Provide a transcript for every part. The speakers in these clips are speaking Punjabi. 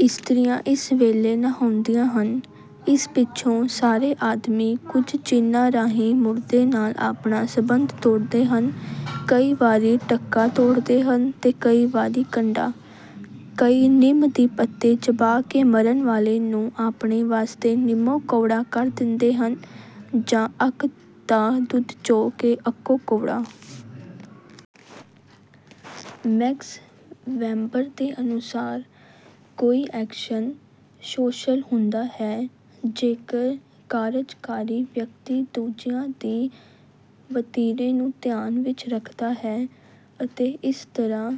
ਇਸਤਰੀਆਂ ਇਸ ਵੇਲੇ ਨਹਾਉਂਦੀਆਂ ਹਨ। ਇਸ ਪਿਛੋਂ ਸਾਰੇ ਆਦਮੀ ਕੁਝ ਚਿੰਨ੍ਹਾਂ ਰਾਹੀਂ ਮੁਰਦੇ ਨਾਲ ਆਪਣਾ ਸੰਬੰਧ ਤੋੜਦੇ ਹਨ। ਕਈ ਵਾਰੀ ਡੱਕਾ ਤੋੜਦੇ ਹਨ ਤੇ ਕਈ ਵਾਰੀ ਕੰਡਾ। ਕਈ ਨਿੰਮ ਦੀ ਪੱਤੀ ਚਬਾ ਕੇ ਮਰਨ ਵਾਲੇ ਨੂੰ ਆਪਣੇ ਵਾਸਤੇ ਨਿੰਮੋਂ ਕੌੜਾ ਕਰ ਦਿੰਦੇ ਹਨ ਜਾਂ ਅੱਕ ਦਾ ਦੁੱਧ ਚੋ ਕੇ ਅੱਕੋਂ ਕੌੜਾ। ਮੈਕਸ ਵੈੱਬਰ ਦੇ ਅਨੁਸਾਰ, "ਕੋਈ ਐਕਸ਼ਨ 'ਸੋਸ਼ਲ' ਹੁੰਦਾ ਹੈ ਜੇਕਰ ਕਾਰਜਕਾਰੀ ਵਿਅਕਤੀ ਦੂਜਿਆਂ ਦੇ ਵਤੀਰੇ ਨੂੰ ਧਿਆਨ ਵਿਚ ਰੱਖਦਾ ਹੈ ਅਤੇ ਇਸ ਤਰ੍ਹਾਂ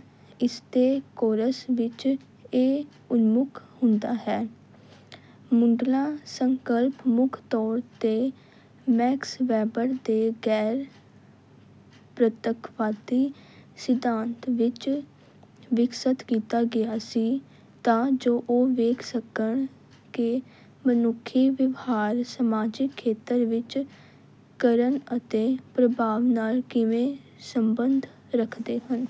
ਇਸਦੇ ਕੋਰਸ ਵਿੱਚ ਇਹ ਉਨਮੁਖ ਹੁੰਦਾ ਹੈ। " ਮੁੱਢਲਾ ਸੰਕਲਪ ਮੁੱਖ ਤੌਰ ਤੇ ਮੈਕਸ ਵੈਬਰ ਦੇ ਗੈਰ-ਪ੍ਰਤੱਖਵਾਦੀ ਸਿਧਾਂਤਵਿੱਚ ਵਿਕਸਤ ਕੀਤਾ ਗਿਆ ਸੀ ਤਾਂ ਜੋ ਉਹ ਵੇਖ ਸਕਣ ਕਿ ਮਨੁੱਖੀ ਵਿਵਹਾਰ ਸਮਾਜਿਕ ਖੇਤਰ ਵਿੱਚ ਕਰਨ ਅਤੇ ਪ੍ਰਭਾਵ ਨਾਲ ਕਿਵੇਂ ਸੰਬੰਧ ਰੱਖਦੇ ਹਨ।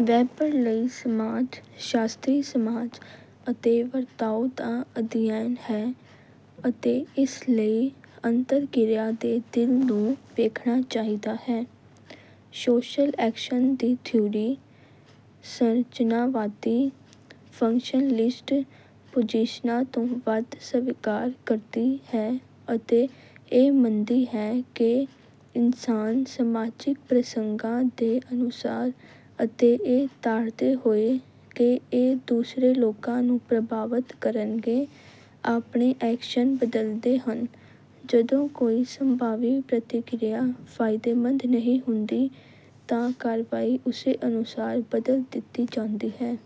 ਵੈਬਰ ਲਈ, ਸਮਾਜ ਸਾਸ਼ਤਰੀ ਸਮਾਜ ਅਤੇ ਵਰਤਾਓ ਦਾ ਅਧਿਐਨ ਹੈ ਅਤੇ ਇਸ ਲਈ ਅੰਤਰਕਿਰਿਆ ਦੇ ਦਿਲ ਨੂੰ ਵੇਖਣਾ ਚਾਹੀਦਾ ਹੈ। ਸੋਸ਼ਲ ਐਕਸ਼ਨ ਦੀ ਥਿਊਰੀ, ਸੰਰਚਨਾਵਾਦੀ ਫੰਕਸ਼ਨਲਿਸਟ ਪੋਜੀਸ਼ਨਾਂ ਤੋਂ ਵੱਧ ਸਵੀਕਾਰ ਕਰਦੀ ਹੈ ਅਤੇ ਇਹ ਮੰਨਦੀ ਹੈ ਕਿ ਇਨਸਾਨ ਸਮਾਜਿਕ ਪ੍ਰਸੰਗਾਂ ਦੇ ਅਨੁਸਾਰ ਅਤੇ ਇਹ ਤਾੜਦੇ ਹੋਏ ਕਿ ਇਹ ਦੂਸਰੇ ਲੋਕਾਂ ਨੂੰ ਪ੍ਰਭਾਵਤ ਕਰਨਗੇ, ਆਪਣੇ ਐਕਸ਼ਨ ਬਦਲਦੇ ਹਨ; ਜਦੋਂ ਕੋਈ ਸੰਭਾਵੀ ਪ੍ਰਤਿਕਿਰਿਆ ਫਾਇਦੇਮੰਦ ਨਹੀਂ ਹੁੰਦੀ, ਤਾਂ ਕਾਰਵਾਈ ਉਸੇ ਅਨੁਸਾਰ ਬਦਲ ਦਿੱਤੀ ਜਾਂਦੀ ਹੈ।